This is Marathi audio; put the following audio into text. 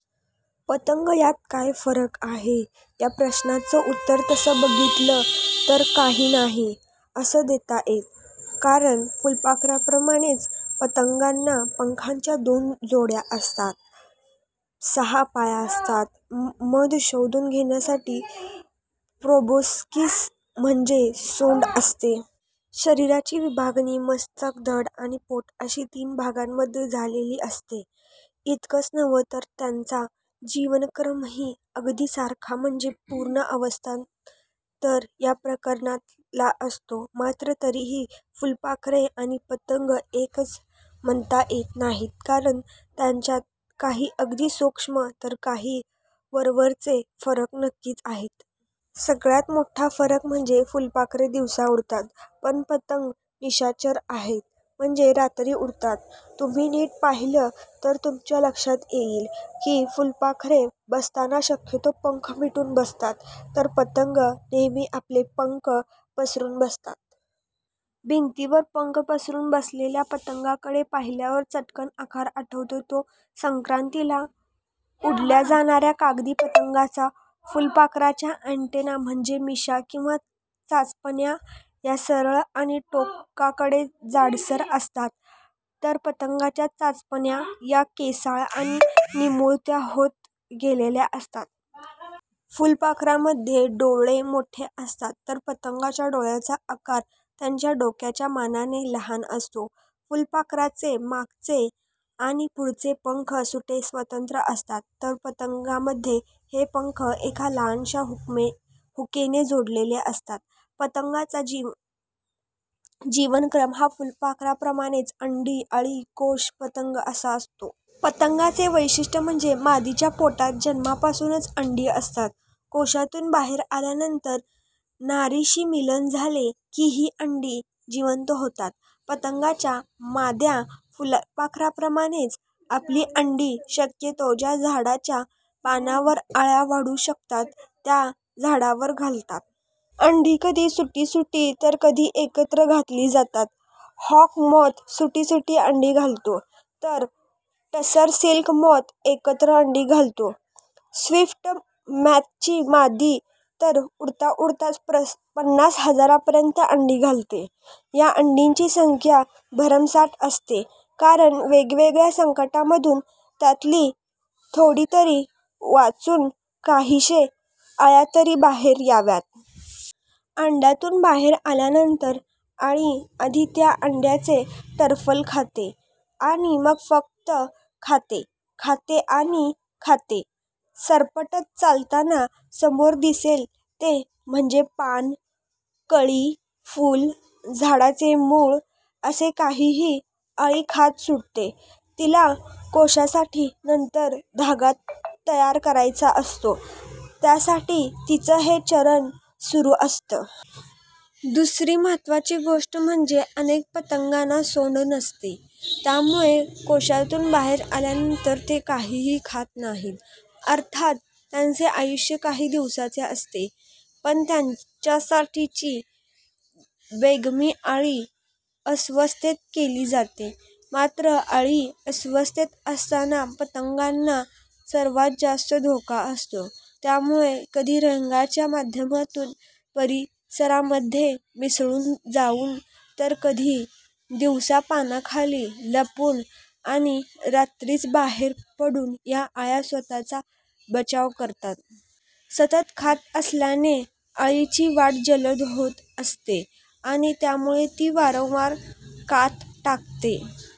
पतंग यात काय फरक आहे? या प्रश्नाचं उत्तर तसं बघितलं तर काही नाही' असं देता येतं. कारण फुलपाखरांप्रमाणेच पतंगांना पंखांच्या दोन जोड्या असतात. सहा पाय असतात. मध शोषून घेण्यासाठी प्रोबोस्किस म्हणजे सोंड असते. शरीराची विभागणी मस्तक, धड आणि पोट अशी तीन भागांमध्ये झालेली असते. इतकंच नव्हे तर त्यांचा जीवनक्रमही अगदी सारखा म्हणजे पूर्ण अवस्थांतर या प्रकारातला असतो. मात्र तरीही फुलपाखरे आणि पतंग एकच म्हणता येत नाहीत, कारण त्यांच्यात काही अगदी सूक्ष्म तर काही वरवरचे फरक नक्कीच आहेत. सगळ्यात मोठा फरक म्हणजे फुलपाखरे दिवसा उडतात, तर पतंग निशाचर आहेत. म्हणजे रात्री उडतात. तुम्ही नीट पाहिलं तर तुमच्या लक्षात येईल की फुलपाखरे बसताना शक्यतो पंख मिटून बसतात, तर पतंग नेहमी आपले पंख पसरून बसतात. भिंतीवर पंख पसरुन बसलेल्या पतंगाकडे पाहिल्यावर चटकन आकार आठवतो तो संक्रातीला उडवल्या जाणाऱ्या कागदी पतंगाचा. फुलपाखरांच्या ॲन्टेना म्हणजे मिशा किंवा चाचपण्या या सरळ आणि टोकाकडे जाडसर असतात, तर पतंगांच्या चाचपण्या या केसाळ आणि निमुळत्या होत गेलेल्या असतात. फुलपाखरांमध्ये डोळे मोठे असतात, तर पतंगांच्या डोळ्याचा आकार त्यांच्या डोक्याच्या मानाने लहान असतो. फुलपाखरांचे मागचे आणि पुढचे पंख सुटे, स्वतंत्र असतात, तर पतंगांमध्ये हे पंख एका लहानशा हुकने जोडलेले असतात. पतंगांचा जीवनक्रम हा फुलपाखरांप्रमाणेच अंडी, अळी, कोश, पतंग असा असतो. पतंगांचे वैशिष्ट्य म्हणजे मादीच्या पोटात जन्मापासूनच अंडी असतात, कोशातून बाहेर आल्यानंतर नराशी मिलन झाले की ही अंडी 'जिवंत' होतात. पतंगांच्या माद्या फुलपाखरांप्रमाणेच आपली अंडी शक्यतो ज्या झाडाच्या पानांवर अळ्या वाढू शकतात, त्या झाडांवर घालतात. अंडी कधी सुटी सुटी, तर कधी एकत्र घातली जातात. हॉक मॉथ सुटी सुटी अंडी घालतो, तर टसर सिल्क मॉथ एकत्र अंडी घालतो. स्विफ्ट मॉथची मादी तर उडताउडताच पन्नास हजारांपर्यंत अंडी घालते. या अंड्यांची संख्या भरमसाठ असते, कारण वेगवेगळ्या संकटांमधून त्यातली थोडी तरी वाचून, काही शे अळ्यातरी बाहेर याव्यात. अंड्यातून बाहेर आल्यानंतर अळी आधी त्या अंड्याचे टरफल खाते आणि मग फक्त खाते, खाते आणि खाते. सरपटत चालताना समोर दिसेल ते म्हणजे पान, कळी, फूल, झाडाचे मूळ असं काहीही अळी खात सुटते. तिला कोशासाठी नंतर धागा तयार करायचा असतो, त्यासाठी तिचं हे चरणं सुरू असतं. दुसरी महत्त्वाची गोष्ट म्हणजे अनेक पतंगांना सोंड नसते. त्यामुळे कोशातून बाहेर आल्यानंतर ते काहीही खात नाहीत. अर्थात त्यांचे आयुष्य काही दिवसांचे असते, पण त्यासाठीची बेगमी अळी अवस्थेत केली जाते. मात्र अळी अवस्थेत असताना पतंगांना सर्वात जास्त धोका असतो, त्यामुळे कधी रंगांच्या माध्यमातून परिसरामध्ये मिसळून जाऊन, तर कधी दिवसा पानाखाली लपून आणि रात्रीच बाहेर पडून या अळ्या स्वतःचा बचाव करतात. सतत खात असल्याने अळीची वाढ जलद होत असते आणि त्यामुळे ती वारंवार कात टाकते.